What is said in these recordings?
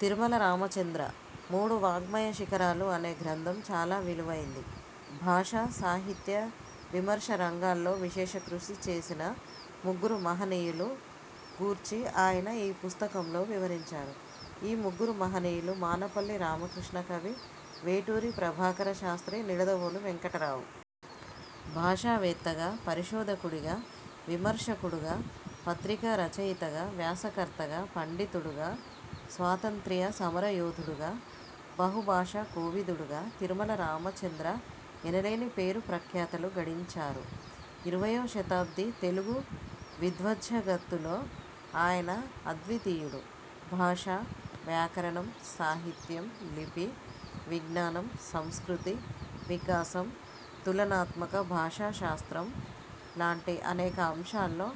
తిరుమల రామచంద్ర 'మూడు వాఙ్మయ శిఖరాలు' అనే గ్రంథం చాలా విలువైంది. భాషా, సాహిత్య విమర్శ రంగాల్లో విశేష కృషి చేసిన ముగ్గురు మహనీయులు గూర్చి ఆయన ఈ పుస్తకంలో వివరించారు. ఆ ముగ్గురు మహనీయులు: మానవల్లి రామకృష్ణ కవి, వేటూరి ప్రభాకర శాస్త్రి, నిడుదవోలు వేంకటరావు. భాషావేత్తగా, పరిశోధకుడిగా, విమర్శకుడుగా, పత్రికా రచయితగా, వ్యాసకర్తగా, పండితుడుగా, స్వాతంత్య్ర సమరయోధుడుగా, బహుభాషా కోవిదుడుగా తిరుమల రామచంద్ర ఎనలేని పేరు ప్రఖ్యాతలు గడించారు. ఇరవయ్యో శతాబ్ది తెలుగు విద్వత్జగత్తులో ఆయన అద్వితీయుడు. భాష, వ్యాకరణం, సాహిత్యం, లిపి విజ్ఞానం, సంస్కృతి వికాసం, తులనాత్మక భాషా శాస్త్రం లాంటి అనేక అంశాల్లో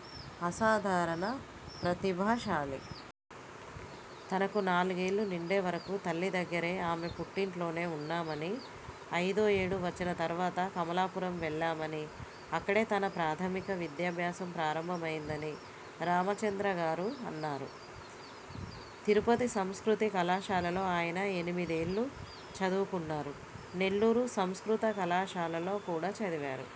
అసాధారణ ప్రతిభాశాలి. తనకు నాలుగేళ్ళు నిండే వరకు తల్లి దగ్గరే ఆమె పుట్టింట్లోనే వున్నామనీ, ఐదో ఏడు వచ్చిన తర్వాత కమలాపురం వెళ్ళామనీ అక్కడే తన ప్రాథమిక విద్యాభ్యాసం ప్రారంభమైందనీ రామచంద్రగారు అన్నారు. తిరుపతి సంస్కృతి కళాశాలలో ఆయన ఎనిమిదేళ్ళు చదువుకున్నారు. నెల్లూరు సంస్కృత కళాశాలలో కూడా చదివారు.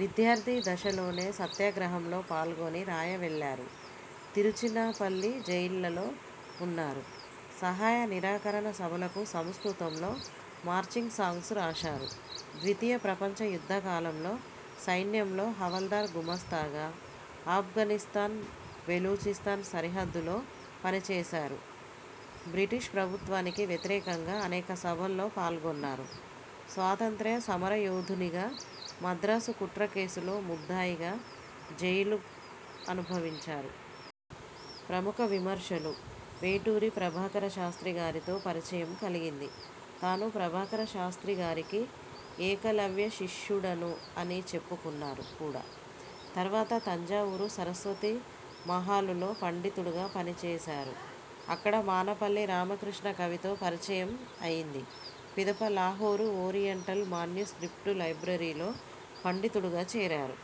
విద్యార్థి దశలోనే సత్యాగ్రహంలో పాల్గొని రాయవెల్లూరు, తిరుచినాపల్లి జైళ్ళలో వున్నారు. సహాయ నిరాకరణ సభలకు సంస్కృతంలో 'మార్చింగ్ సాంగ్స్' రాశారు. ద్వితీయ ప్రపంచ యుద్ధకాలంలో సైన్యంలో హవల్దార్ గుమస్తాగా అఫ్ఘానిస్తాన్– బెలూచిస్తాన్ సరిహద్దులో పనిచేశారు. బ్రిటీష్ ప్రభుత్వానికి వ్యతిరేకంగా అనేక సభల్లో పాల్గొన్నారు. స్వాతంత్య్ర సమరయోధునిగా మద్రాసు కుట్ర కేసులో ముద్దాయిగా జైలు అనుభవించారు. ప్రముఖ విమర్శలు వేటూరి ప్రభాకరశాస్త్రి గారితో పరిచయం కలిగింది. తాను ప్రభాకరశాస్త్రి గారికి ఏకలవ్యశిష్యుడను అని చెప్పుకున్నారు కూడా. తర్వాత తంజావూరు సరస్వతీ మహాలు లో పండితుడుగా పని చేశారు. అక్కడ మానవల్లి రామకృష్ణకవితో పరిచయం అయింది. పిదప లాహోరు ఓరియంటల్ మాన్యు స్క్రిప్ట్ లైబ్రరీలో పండితుడుగా చేరారు.